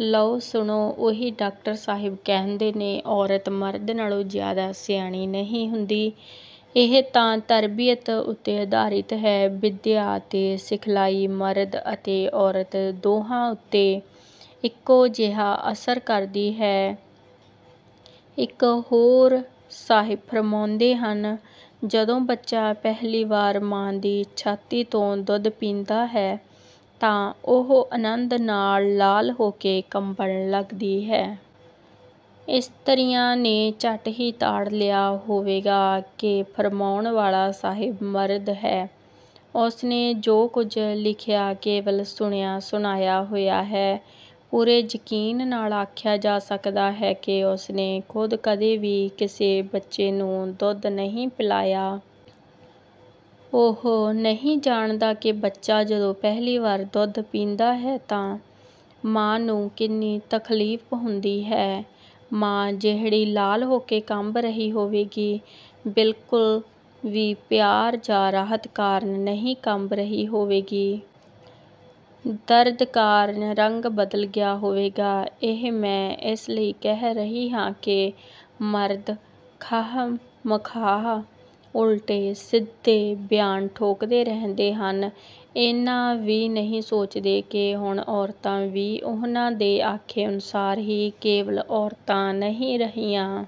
ਲਓ ਸੁਣੋ, ਉਹੀ ਡਾਕਟਰ ਸਾਹਿਬ ਕਹਿੰਦੇ ਨੇ--ਔਰਤ ਮਰਦ ਨਾਲੋਂ ਜ਼ਿਆਦਾ ਸਿਆਣੀ ਨਹੀਂ ਹੁੰਦੀ। ਇਹ ਤਾਂ ਤਰਬੀਅਤ ਉੱਤੇ ਆਧਾਰਿਤ ਹੈ। ਵਿੱਦਿਆ ਅਤੇ ਸਿਖਲਾਈ ਮਰਦ ਅਤੇ ਔਰਤ ਦੋਹਾਂ ਉੱਤੇ ਇੱਕੋ ਜਿਹਾ ਅਸਰ ਕਰਦੀ ਹੈ। ਇੱਕ ਹੋਰ ਸਾਹਿਬ ਫ਼ਰਮਾਉਂਦੇ ਹਨ: 'ਜਦੋਂ ਬੱਚਾ ਪਹਿਲੀ ਵਾਰ ਮਾਂ ਦੀ ਛਾਤੀ ਤੋਂ ਦੁੱਧ ਪੀਂਦਾ ਹੈ ਤਾਂ ਉਹ ਆਨੰਦ ਨਾਲ ਲਾਲ ਹੋ ਕੇ ਕੰਬਣ ਲੱਗਦੀ ਹੈ।' ਇਸਤਰੀਆਂ ਨੇ ਝੱਟ ਹੀ ਤਾੜ ਲਿਆ ਹੋਵੇਗਾ ਕਿ ਫ਼ਰਮਾਉਣ ਵਾਲਾ ਸਾਹਿਬ 'ਮਰਦ' ਹੈ। ਉਸਨੇ ਜੋ ਕੁਝ ਲਿਖਿਆ ਕੇਵਲ ਸੁਣਿਆ-ਸੁਣਾਇਆ ਹੋਇਆ ਹੈ। ਪੂਰੇ ਯਕੀਨ ਨਾਲ ਆਖਿਆ ਜਾ ਸਕਦਾ ਹੈ ਕਿ ਉਸਨੇ ਖੁਦ ਕਦੇ ਵੀ ਕਿਸੇ ਬੱਚੇ ਨੂੰ ਦੁੱਧ ਨਹੀਂ ਪਿਲਾਇਆ। ਉਹ ਨਹੀਂ ਜਾਣਦਾ ਕਿ ਬੱਚਾ ਜਦੋਂ ਪਹਿਲੀ ਵਾਰ ਦੁੱਧ ਪੀਂਦਾ ਹੈ ਤਾਂ ਮਾਂ ਨੂੰ ਕਿੰਨੀ ਤਕਲੀਫ਼ ਹੁੰਦੀ ਹੈ। ਮਾਂ, ਜਿਹੜੀ 'ਲਾਲ' ਹੋ ਕੇ ਕੰਬ ਰਹੀ ਹੋਵੇਗੀ, ਬਿਲਕੁਲ ਵੀ ਪਿਆਰ ਜਾਂ ਰਾਹਤ ਕਾਰਨ ਨਹੀਂ ਕੰਬ ਰਹੀ ਹੋਵੇਗੀ। ਦਰਦ ਕਾਰਨ ਰੰਗ ਬਦਲ ਗਿਆ ਹੋਵੇਗਾ। ਇਹ ਮੈਂ ਇਸ ਲਈ ਕਹਿ ਰਹੀ ਹਾਂ ਕਿ ਮਰਦ ਖਾਹ-ਮਖਾਹ ਉਲਟੇ-ਸਿੱਧੇ ਬਿਆਨ ਠੋਕਦੇ ਰਹਿੰਦੇ ਹਨ। ਇੰਨਾ ਵੀ ਨਹੀਂ ਸੋਚਦੇ ਕਿ ਹੁਣ ਔਰਤਾਂ ਵੀ ਉਹਨਾਂ ਦੇ ਆਖੇ ਅਨੁਸਾਰ ਹੀ ਕੇਵਲ ਔਰਤਾਂ ਨਹੀਂ ਰਹੀਆਂ।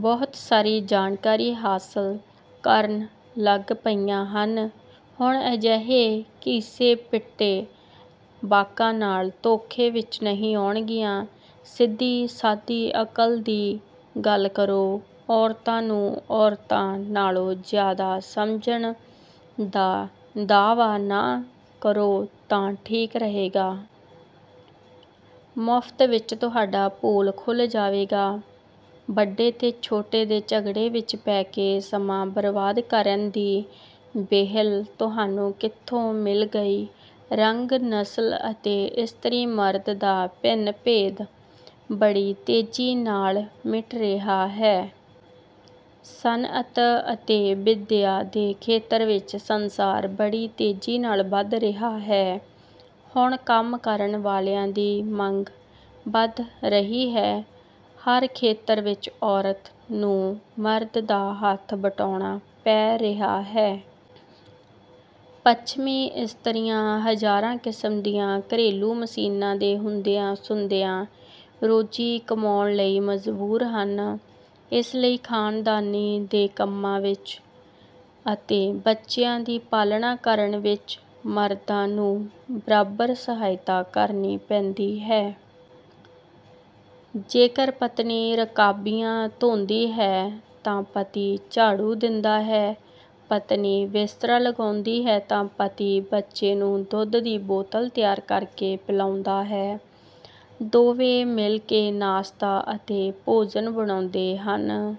ਬਹੁਤ ਸਾਰੀ ਜਾਣਕਾਰੀ ਹਾਸਲ ਕਰਨ ਲੱਗ ਪਈਆਂ ਹਨ। ਹੁਣ ਅਜਿਹੇ ਘਿਸੇ-ਪਿਟੇ ਵਾਕਾਂ ਨਾਲ ਧੋਖੇ ਵਿੱਚ ਨਹੀਂ ਆਉਣਗੀਆਂ। ਸਿੱਧੀ-ਸਾਦੀ ਅਕਲ ਦੀ ਗੱਲ ਕਰੋ। ਔਰਤਾਂ ਨੂੰ ਔਰਤਾਂ ਨਾਲੋਂ ਜ਼ਿਆਦਾ ਸਮਝਣ ਦਾ ਦਾਅਵਾ ਨਾ ਕਰੋ ਤਾਂ ਠੀਕ ਰਹੇਗਾ। ਮੁਫ਼ਤ ਵਿੱਚ ਤੁਹਾਡਾ ਪੋਲ ਖੁੱਲ੍ਹ ਜਾਵੇਗਾ। ਵੱਡੇ ਤੇ ਛੋਟੇ ਦੇ ਝਗੜੇ ਵਿੱਚ ਪੈ ਕੇ ਸਮਾਂ ਬਰਬਾਦ ਕਰਨ ਦੀ ਵਿਹਲ ਤੁਹਾਨੂੰ ਕਿੱਥੋਂ ਮਿਲ ਗਈ। ਰੰਗ, ਨਸਲ ਅਤੇ ਇਸਤਰੀ-ਮਰਦ ਦਾ ਭਿੰਨ-ਭੇਦ ਬੜੀ ਤੇਜ਼ੀ ਨਾਲ ਮਿਟ ਰਿਹਾ ਹੈ। ਸਨਅਤ ਅਤੇ ਵਿੱਦਿਆ ਦੇ ਖੇਤਰ ਵਿੱਚ ਸੰਸਾਰ ਬੜੀ ਤੇਜ਼ੀ ਨਾਲ ਵੱਧ ਰਿਹਾ ਹੈ। ਹੁਣ ਕੰਮ ਕਰਨ ਵਾਲਿਆਂ ਦੀ ਮੰਗ ਵੱਧ ਰਹੀ ਹੈ। ਹਰ ਖੇਤਰ ਵਿੱਚ ਔਰਤ ਨੂੰ ਮਰਦ ਦਾ ਹੱਥ ਵਟਾਉਣਾ ਪੈ ਰਿਹਾ ਹੈ। ਪੱਛਮੀ ਇਸਤਰੀਆਂ, ਹਜ਼ਾਰਾਂ ਕਿਸਮ ਦੀਆਂ ਘਰੇਲੂ ਮਸ਼ੀਨਾਂ ਦੇ ਹੁੰਦਿਆਂ-ਸੁੰਦਿਆਂ, ਰੋਜ਼ੀ ਕਮਾਉਣ ਲਈ ਮਜਬੂਰ ਹਨ। ਇਸ ਲਈ ਖਾਨਦਾਨੀ ਦੇ ਕੰਮਾਂ ਵਿੱਚ ਅਤੇ ਬੱਚਿਆਂ ਦੀ ਪਾਲਣਾ ਕਰਨ ਵਿੱਚ ਮਰਦਾਂ ਨੂੰ ਬਰਾਬਰ ਸਹਾਇਤਾ ਕਰਨੀ ਪੈਂਦੀ ਹੈ। ਜੇਕਰ ਪਤਨੀ ਰਕਾਬੀਆਂ ਧੋਂਦੀ ਹੈ ਤਾਂ ਪਤੀ ਝਾੜੂ ਦਿੰਦਾ ਹੈ। ਪਤਨੀ ਬਿਸਤਰਾ ਲਗਾਉਂਦੀ ਹੈ ਤਾਂ ਪਤੀ ਬੱਚੇ ਨੂੰ ਦੁੱਧ ਦੀ ਬੋਤਲ ਤਿਆਰ ਕਰਕੇ ਪਿਲਾਉਂਦਾ ਹੈ। ਦੋਵੇਂ ਮਿਲ ਕੇ ਨਾਸ਼ਤਾ ਅਤੇ ਭੋਜਨ ਬਣਾਉਂਦੇ ਹਨ।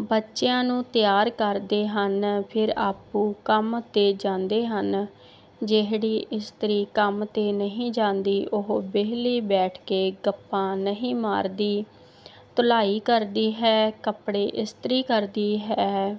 ਬੱਚਿਆਂ ਨੂੰ ਤਿਆਰ ਕਰਦੇ ਹਨ। ਫਿਰ ਆਪੂੰ ਕੰਮ 'ਤੇ ਜਾਂਦੇ ਹਨ। ਜਿਹੜੀ ਇਸਤਰੀ ਕੰਮ 'ਤੇ ਨਹੀਂ ਜਾਂਦੀ, ਉਹ ਵਿਹਲੀ ਬੈਠ ਕੇ ਗੱਪਾਂ ਨਹੀਂ ਮਾਰਦੀ। ਧੁਲਾਈ ਕਰਦੀ ਹੈ, ਕੱਪੜੇ ਇਸਤਰੀ ਕਰਦੀ ਹੈ।